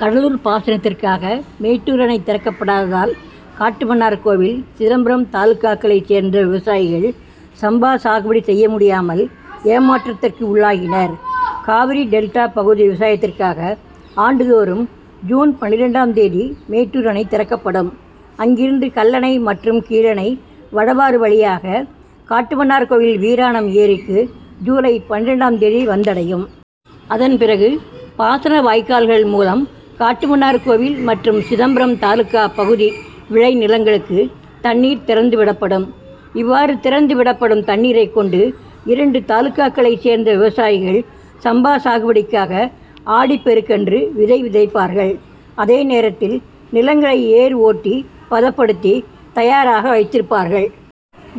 கடலூர் பாசனத்திற்காக மேட் டூர் அணை திறக்கப்படாததால் காட்டுமன்னார் கோவில், சிதம்பரம் தாலுகாக்களைச் சேர்ந்த விவசாயிகள் சம்பா சாகுபடி செய்ய முடியாமல் ஏமாற் றத்திற்குள்ளாகியுள்ளனர். காவிரி டெல்டா பகுதி விவசாயத்திற்காக ஆண்டு தோறும் ஜூன் பன்னிரண்டாம் தேதி மேட்டூர் அணை திறக்கப்படும். அங்கிருந்து கல்லணை மற்றும் கீழணை, வடவாறு வழியாக காட்டுமன்னார்கோவில் வீராணம் ஏரிக்கு ஜூலை பன்னிரண்டாம் தேதி வந்தடையும். அதன் பிறகு பாசன வாய்க்கால்கள் மூலம் கட்டுமன்னார்கோவில் மற்றும் சிதம்பரம் தாலுகா பகுதி விளை நிலங்களுக்கு தண்ணீர் திறந்து விடப்படும். இவ்வாறு திறந்து விடப்படும் தண்ணீரைக் கொண்டு இரண்டு தாலுகாக்களைச் சேர்ந்த விவசாயிகள் சம்பா சாகுபடிக்காக ஆடிப் பெருக்கு அன்று விதை விதைப்பார்கள். அதே நேரத்தில் நிலங் களை ஏர் ஓட்டி பதப்படுத்தி தயாராக வைத்திருப் பார்கள்.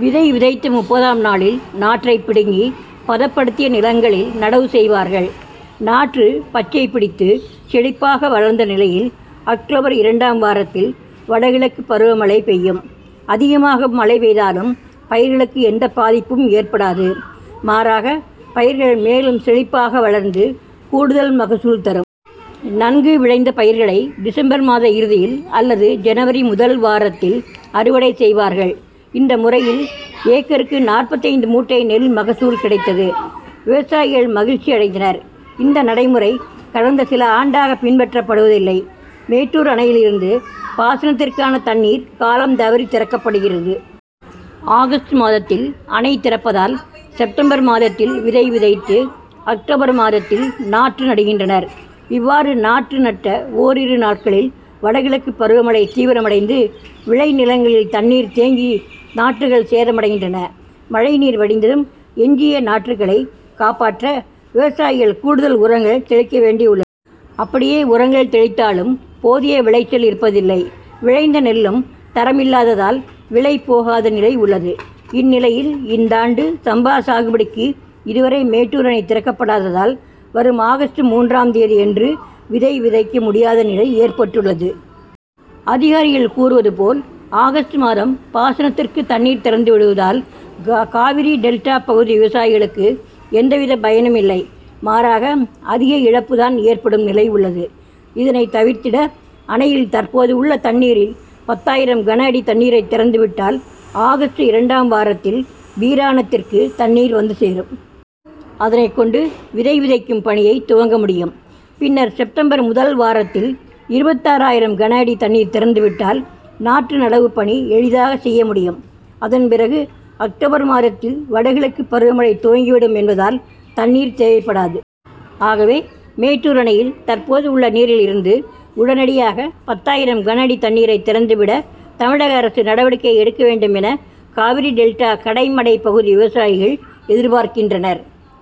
விதை விதைத்த முப்பதாம் நாளில் நாற்றை பிடுங்கி பதப்படுத்திய நிலங்களில் நடவு செய் வார்கள். நாற்று பச்சை பிடித்து செழிப்பாக வளர்ந்த நிலையில் அக்டோபர் இரண் டாம் வாரத்தில் வடகிழக்கு பருவமழை பெய் யும். அதிகமாக மழை பெய்தாலும், பயிர்களுக்கு எந்த பாதிப்பும் ஏற்படாது. மாறாக பயிர்கள் மேலும் செழிப்பாக வளர்ந்து கூடுதல் மகசூல் தரும். நன்கு விளைந்த பயிர்களை டிசம்பர் மாத இறுதியில் அல்லது ஜனவரி முதல் வாரத்தில் அறுவடை செய்வார்கள். இந்த முறையில் ஏக்கருக்கு நாற்பத்தைந்து மூட்டை நெல் மகசூல் கிடைத்தது. விவசாயிகள் மகிழ்ச்சி அடைந்தனர். இந்த நடைமுறை கடந்த சில ஆண்டாக பின்பற்றப்படுவதில்லை. மேட்டூர் அணையிலிருந்து பாசனத்திற்கான தண்ணீர் காலம் தவறி திறக்கப்படுகிறது. ஆகஸ்ட் மாதத்தில் அணை திறப்பதால் செப்டம்பர் மாதத்தில் விதை விதைத்து அக்டோபர் மாதத்தில் நாற்று நடுகின்றனர். இவ்வாறு நாற்று நட்ட ஓரிரு நாட்களில் வடகிழக்கு பருவமழை தீவிரமடைந்து விளை நிலங்களில் தண்ணீர் தேங்கி நாற்றுகள் சேதமடைகின்றன. மழை நீர் வடிந்ததும் எஞ்சிய நாற்றுகளை காப்பாற்ற விவசாயிகள் கூடுதல் உரங்கள் தெளிக்க வேண்டியுள்ளது. அப்படியே உரங் கள் தெளித்தாலும் போதிய விளைச்சல் இருப்பதில்லை. விளைந்த நெல் லும் தரமில்லாததால் விலை போகாத நிலை உள்ளது. இந்நிலையில் இந் தாண்டு சம்பா சாகுபடிக்கு இதுவரை மேட்டூர் அணை திறக்கப்படாததால், வரும் ஆகஸ்ட் மூன்றாம் தேதி அன்று விதை விதைக்க முடியாத நிலை ஏற்பட்டுள்ளது. அதிகாரிகள் கூறுவது போல் ஆகஸ்ட் மாதம் பாசனத்திற்கு தண்ணீர் திறந்து விடுவதால் காவிரி டெல்டா பகுதி விவசாயிகளுக்கு எந்த வித பயனும் இல்லை. மாறாக அதிக இழப்புதான் ஏற்படும் நிலை உள்ளது. இதனை தவிர்த்திட அணையில் தற்போது உள்ள தண்ணீரில் பத்தாயிரம் கனஅடி தண்ணீரை திறந்து விட்டால் ஆகஸ்ட் இரண் டாம் வாரத்தில் வீராணத் திற்கு தண்ணீர் வந்து சேரும். அதனைக் கொண்டு விதை விதைக் கும் பணியை துவங்க முடியும். பின்னர் செப்டம்பர் முதல் வாரத்தில் இருபத்தாறாயிரம் கன அடி தண்ணீர் திறந்து விட்டால் நாற்று நடவு பணி எளிதாக செய்ய முடியும். அதன் பிறகு அக்டோபர் மாதத்தில் வடகிழக்கு பருவமழை துவங்கி விடும் என்பதால் தண்ணீர் தேவைப்படாது. ஆகவே மேட்டூர் அணையில் தற் போது உள்ள நீரில் இருந்து உடனடியாக பத்தாயிரம் கன அடி தண்ணீரை திறந்து விட தமிழக அரசு நடவடிக்கை எடுக்க வேண்டும் என காவிரி டெல்டா கடைமடை பகுதி விவசாயிகள் எதிர்பார்க்கின்றனர்.